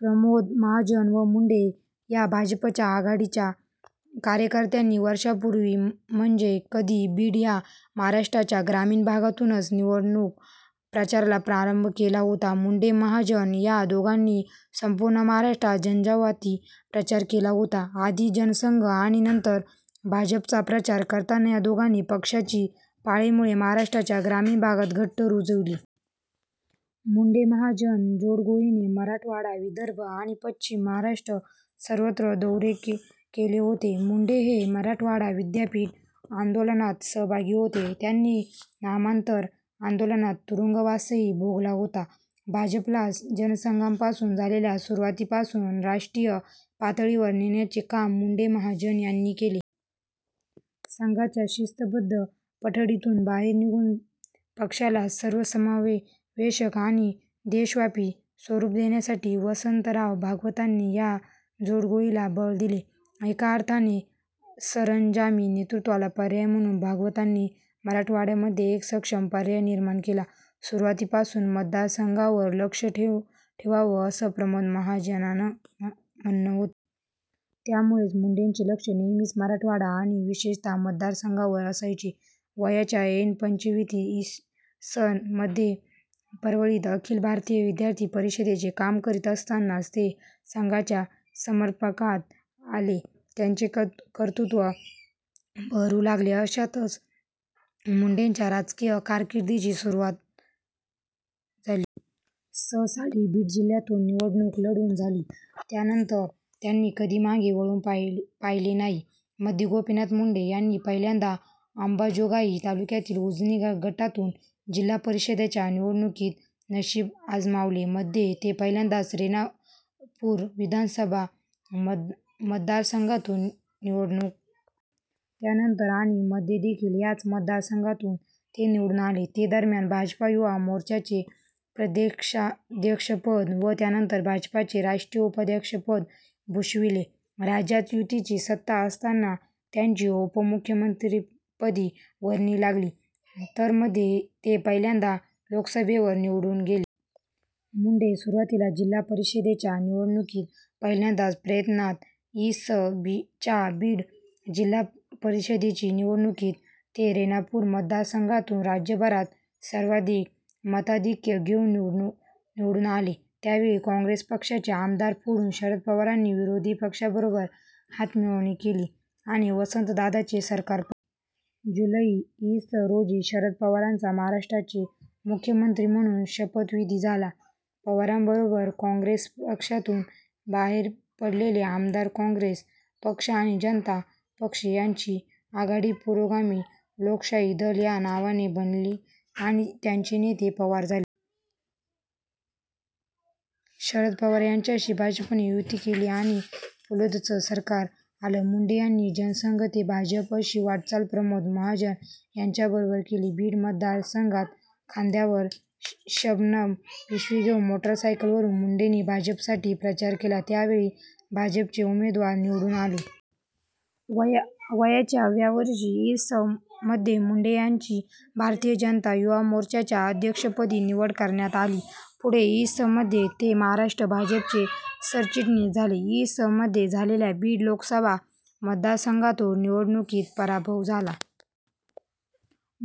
प्रमोद महाजन व मुंडे या भाजपच्या आघाडीच्या कार्यकर्त्यांनी वर्षांपूर्वी म्हणजे कधी? बीड या महाराष्ट्राच्या ग्रामीण भागातूनच निवडणूक प्रचाराला प्रारंभ केला होता. मुंडे-महाजन या दोघांनी संपूर्ण महाराष्ट्रात झंझावाती प्रचार केला होता. आधी जनसंघ आणि नंतर भाजपचा प्रचार करताना या दोघांनी पक्षाची पाळेमुळे महाराष्ट्राच्या ग्रामीण भागात घट्ट रूजविली. मुंडे-महाजन जोडगोळीने मराठवाडा, विदर्भ आणि पश्चिम महाराष्ट्र सर्वत्र दौरे केले होते.। मुंडे हे मराठवाडा विद्यापीठ आंदोलनात सहभागी होते. त्यांनी नामांतर आंदोलनात तुरुंगवासही भोगला होता. भाजपला जनसंघापासून झालेल्या सुरुवातीपासून राष्ट्रीय पातळीवर नेण्याचे काम मुंडे-महाजन यांनी केले. संघाच्या शिस्तबद्ध पठडीतून बाहेर निघून पक्षाला सर्वसमावेशक आणि देशव्यापी स्वरूप देण्यासाठी वसन्तराव भागवतांनी या जोडगोळीला बळ दिले. एका अर्थाने सरंजामी नेतृत्वाला पर्याय म्हणून भागवतांनी मराठवाड्यामध्ये एक सक्षम पर्याय निर्माण केला. सुरुवातीपासून मतदारसंघावर लक्ष ठेवावं असं प्रमोद महाजनांचं म्हणणं होतं. त्यामुळे मुंडेचे लक्ष नेहमीच मराठवाडा आणि विशेषतः मतदारसंघावर असायचे. वयाच्या ऐन पंचविशीत इ. स. मध्ये परळीत अखिल भारतीय विद्यार्थी परिषदेचे काम करीत असतानाच ते संघाच्या सम्पर्कात आले. त्यांचे कर्तृत्त्व बहरू लागले. अशातच मुंडेच्या राजकीय कारकिर्दीची सुरुवात इ. स. साली बीड जिल्ह्यातून निवडणूक लढवून झाली. त्यानंतर त्यांनी कधी मागे वळून पाहिले नाही. मध्ये गोपीनाथ मुंडे यांनी पहिल्यांदा अम्बाजोगाई तालुक्यातील उजनी गटातून जिल्हा परिषदेच्या निवडणुकीत नशीब आजमावले. मध्ये ते पहिल्यांदा रेणापूर विधानसभा मतदारसंघातून निवडून आले. त्यानंतर आणि मध्येदेखील याच मतदारसंघातून ते निवडून आले. ते दरम्यान भाजपा युवा मोर्चाचे प्रदेशाध्यक्षपद, व त्यानंतर भाजपाचे राष्ट्रीय उपाध्यक्ष पद भूषविले. राज्यात युतीची सत्ता असताना त्यांची उपमुख्यमंत्रिपदी वर्णी लागली. तर मध्ये ते पहिल्यांदा लोकसभेवर निवडून गेले. मुंडे सुरुवातीला जिल्हा परिषदेच्या निवडणुकीत पहिल्याच प्रयत्नात इ. स. च्या बीड जिल्हापरिषदेची निवडणुकीत ते रेणापूर मतदारसंघातून राज्यभरात सर्वाधिक मताधिक्य घेऊन निवडून आले. त्यावेळी काँग्रेस पक्षाचे आमदार फोडून शरद पवारांनी विरोधी पक्षाबरोबर हातमिळवणी केली आणि वसन्तदादांचे सरकार पडले. जुलै इ. स. रोजी शरद पवारांचा महाराष्ट्राचे मुख्यमंत्री म्हणून शपथविधी झाला. पवारांबरोबर काँग्रेस पक्षातून बाहेर पडलेले आमदार, काँग्रेस पक्ष आणि जनता पक्ष यांची आघाडी पुरोगामी लोकशाही दल या नावाने बनली आणि त्याचे नेते पवार झाले. शरद पवार यांच्याशी भाजपने युती केली आणि 'पुलोद'चं सरकार आलं. मुंडे यांनी जनसंघ ते भाजप अशी वाटचाल प्रमोद महाजन यांच्याबरोबर केली. बीड मतदारसंघात खांद्यावर शबनम पिशवी घेउन मोटरसायकलवरून मुंडेंनी भाजपसाठी प्रचार केला. त्यावेळी भाजपचे उमेदवार निवडून आले. वयाच्या व्या वर्षी इ. स. मध्ये मुंडे यांची भारतीय जनता युवा मोर्च्याच्या अध्यक्षपदी निवड करण्यात आली. पुढे इ. स. मध्ये ते महाराष्ट्र भाजपचे सरचिटणीस झाले. इ. स. मध्ये झालेल्या बीड लोकसभा मतदारसंघातून निवडणुकीत पराभव झाला.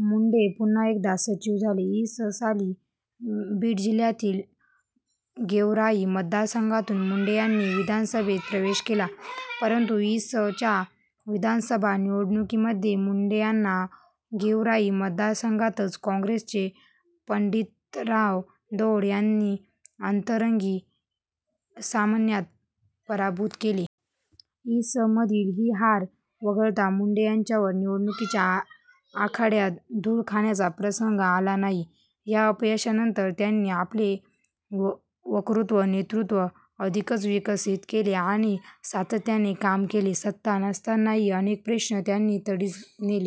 मुंडे पुन्हा एकदा सचिव झाले. इ. स. साली बीड जिल्ह्यातील गेवराई मतदारसंघातून मुंडे यांनी विधानसभेत प्रवेश केला. परंतु इ. स. च्या विधानसभा निवडणुकीमध्ये मुंडे यांना गेवराई मतदारसंघातच काँग्रेसचे पण्डितराव दौण्ड यांनी अष्टरंगी सामन्यात पराभूत केले. इ. स. मधील ही हार वगळता मुंडे यांच्यावर निवडणुकीच्या आखाड्यात धूळ खाण्याचा प्रसंग आला नाही. या अपयशानंतर त्यानी आपले वक्तृत्व, नेतृत्व अधिकच विकसित केले आणि सातत्याने काम केले. सत्ता नसतानाही अनेक प्रश्न त्यांनी तडीस नेले.